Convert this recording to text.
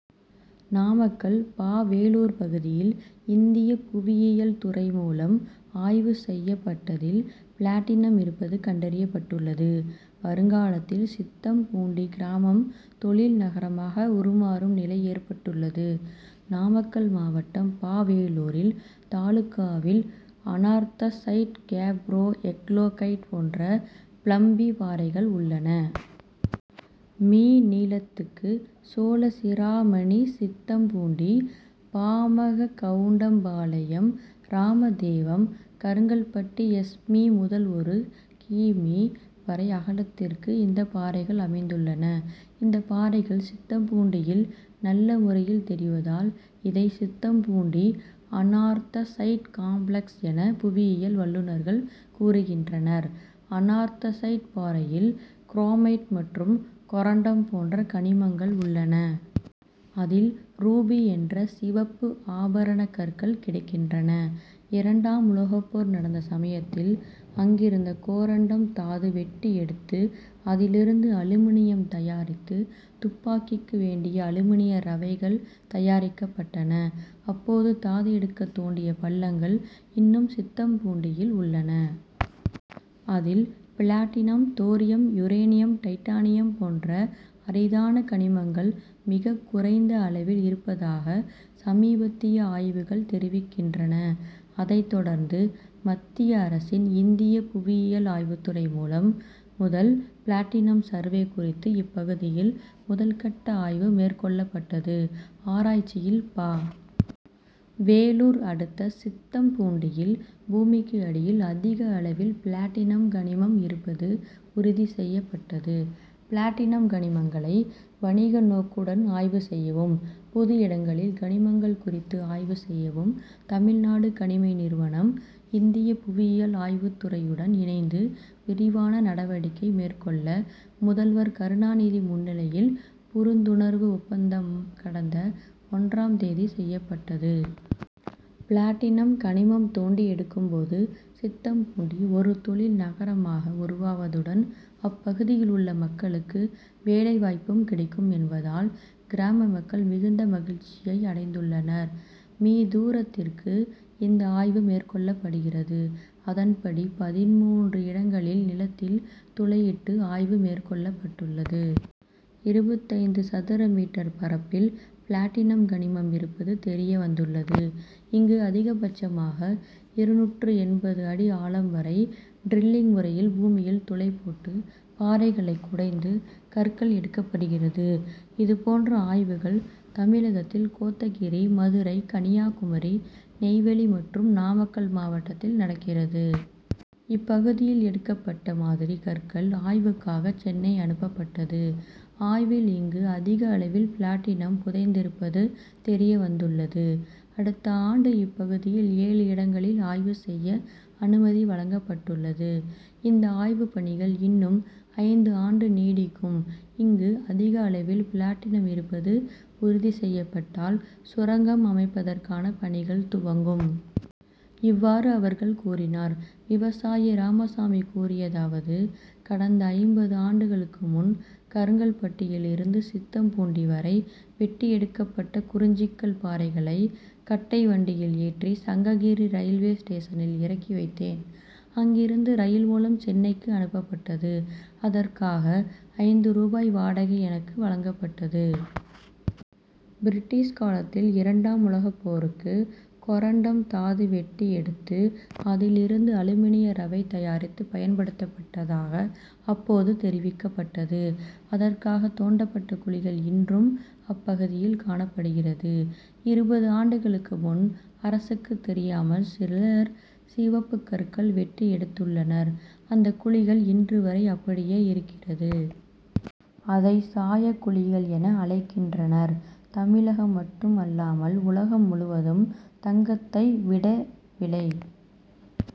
நாமக்கல் ப. வேலூர் பகுதியில், இந்திய புவியியல் துறை மூலம் ஆய்வு செய்யப்பட்டதில், பிளாட்டினம் இருப்பது கண்டறியப்பட்டுள்ளது. வருங்காலத்தில் சித்தம்பூண்டி கிராமம் தொழில் நகரமாக உருமாறும் நிலை ஏற்பட்டுள்ளது. நாமக்கல் மாவட்டம் ப. வேலூரில் தாலுகாவில் அனார்த்தசைட் கேப்ரோ, எக்லோகைட் போன்ற பிளம்பி பாறைகள் உள்ளன. மீ., நீளத்துக்கு, சோழசிராமணி, சித்தம்பூண்டி, பாமகவுண்டம்பாளையம், ராமதேவம், கருங்கல்பட்டி, எஸ். மீ., முதல் ஒரு கி. மீ., வரை அகலத்துக்கு இந்த பாறைகள் அமைந்துள்ளன. இந்த பாறைகள் சித்தம்பூண்டியில் நல்லமுறையில் தெரிவதால், இதை சித்தம்பூண்டி அனார்த்தசைட் காம்ளெக்ஸ் என புவியியல் வல்லுனர்கள் கூறுகின்றனர். அனார்த்தசைட் பாறையில் குரோமைட் மற்றும் கொரண்டம் போன்ற கனிமங்கள் உள்ளன. அதில், ரூபி என்ற சிவப்பு ஆபரண கற்கள் கிடைக்கின்றன. இரண்டாம் உலகப்போர் நடத்த சமயத்தில் அங்கிருந்து கொரண்டம் தாது வெட்டி எடுத்து, அதில் இருந்து அலுமினியம் தயாரித்து, துப்பாக்கிக்கு வேண்டிய அலுமினிய ரவைகள் தயாரிக்கப்பட்டன. அப்போது தாது எடுக்க தோண்டிய பள்ளங்கள் இன்னும் சித்தம்பூண்டியில் உள்ளன. அதில், பிளாட்டினம் தோரியம், யுரேனியம், டைட்டானியம் போன்ற அரிதான கனிமங்கள் மிகக்குறைந்த அளவில் இருப்பதாக சமீபத்திய ஆய்வுகள் தெரிவிக்கின்றன. அதை தொடர்ந்து மத்திய அரசின் இந்திய புவியியல் ஆய்வு துறை மூலம், முதல், பிளாட்டினம் சர்வே குறித்து இப்பகுதியில் முதல்கட்ட ஆய்வு மேற்கொள்ளப்பட்டது. ஆராய்ச்சியில், ப. வேலூர் அடுத்த சித்தம்பூண்டியில் பூமிக்கு அடியில் அதிக அளவில் பிளாட்டினம் கனிமம் இருப்பது உறுதி செய்யப்பட்டது. பிளாட்டினம் கனிமங்களை வணிக நோக்குடன் ஆய்வு செய்யவும், புது இடங்களில் கனிமங்கள் குறித்து ஆய்வு செய்யவும் தமிழ்நாடு கனிம நிறுவனம், இந்திய புவியியல் ஆய்வுத்துறையுடன் இணைந்து விரிவான நடவடிக்கை மேற்கொள்ள முதல்வர் கருணாநிதி முன்னிலையில் புரிந்துணர்வு ஒப்பந்தம் கடந்த ஒன்றாம் தேதி செய்யப்பட்டது. பிளாட்டினம் கனிமம் தோண்டி எடுக்கும் போது சித்தம்பூண்டி ஒரு தொழில் நகரமாக உருவாவதுடன், அப்பகுதியில் உள்ள மக்களுக்கு வேலைவாய்ப்பும் கிடைக்கும் என்பதால், கிராம மக்கள் மிகுந்த மகிழ்ச்சி அடைந்துள்ளனர். மீ., தூரத்துக்கு இந்த ஆய்வு மேற்கொள்ளப்படுகிறது. அதன்படி, பதின்மூன்று இடங்களில் நிலத்தில் துளையிட்டு ஆய்வு மேற்கொள்ளப்பட்டுள்ளது. இருபத்தைந்து சதுர மீட்டர் பரப்பில் பிளாட்டினம் கனிமம் இருப்பது தெரியவந்துள்ளது. இங்கு அதிகபட்சமாக இருநூற்று எண்பது அடி ஆழம் வரை டிரில்லிங் முறையில் பூமியில் துளை போட்டு பாறைகளை குடைந்து கற்கள் எடுக்கப்படுகிறது. இது போன்ற ஆய்வுகள் தமிழகத்தில் கோத்தகிரி, மதுரை, கன்னியாகுமரி, நெய்வேலி மற்றும் நாமக்கல் மாவட்டத்தில் நடக்கிறது. இப்பகுதியில் எடுக்கப்பட்ட மாதிரி கற்கள் ஆய்வுக்காக சென்னை அனுப்பப்பட்டது. ஆய்வில் இங்கு அதிக அளவில் பிளாட்டினம் புதைந்திருப்பது தெரியவந்துள்ளது. அடுத்த ஆண்டு இப்பகுதியில் ஏழு இடங்களில் ஆய்வு செய்ய அனுமதி வழங்கப்பட்டுள்ளது. இந்த ஆய்வு பணிகள் இன்னும் ஐந்து ஆண்டு நீடிக்கும். இங்கு அதிக அளவில் பிளாட்டினம் இருப்பது உறுதி செய்யப்பட்டால், சுரங்கம் அமைப்பதற்கான பணிகள் துவங்கும். இவ்வாறு அவர்கள் கூறினார். விவசாயி ராமசாமி கூறியதாவது கடந்த ஐம்பது ஆண்டுகளுக்கு முன் கருங்கல்பட்டியில் இருந்து சித்தம்பூண்டி வரை வெட்டி எடுக்கப்பட்ட குறிஞ்சிக்கல் பாறைகளை கட்டை வண்டியில் ஏற்றி, சங்ககிரி ரயில்வே ஸ்டேஷனில் இறக்கி வந்தேன். அங்கிருந்து ரயில் மூலம் சென்னைக்கு அனுப்பப்பட்டது. அதற்காக ஐந்து ரூபாய் வாடகை எனக்கு வழங்கப்பட்டது. பிரிட்டீஷ் காலத்தில் இரண்டாம் உலகப்போருக்கு கொரண்டம் தாது வெட்டி எடுத்து, அதில் இருந்து அலுமினிய ரவை தயாரித்து, பயன்படுத்தப்பட்டதாக அப்போது தெரிவிக்கப்பட்டது. அதற்காக தோண்டப்பட்ட குழிகள் இன்றும் அப்பகுதியில் காணப்படுகிறது. இருபது ஆண்டுகளுக்கு முன் அரசுக்கு தெரியாமல் சிலர் சிவப்பு கற்கள் வெட்டி எடுத்துள்ளனர். அந்த குழிகள் இன்றுவரை அப்படியே இருக்கிறது. அதை சாயக்குழிகள் என அழைக்கின்றனர். தமிழகம் மட்டும் அல்லாமல் உலகம் முழுவதும் தங்கத்தை விட விலை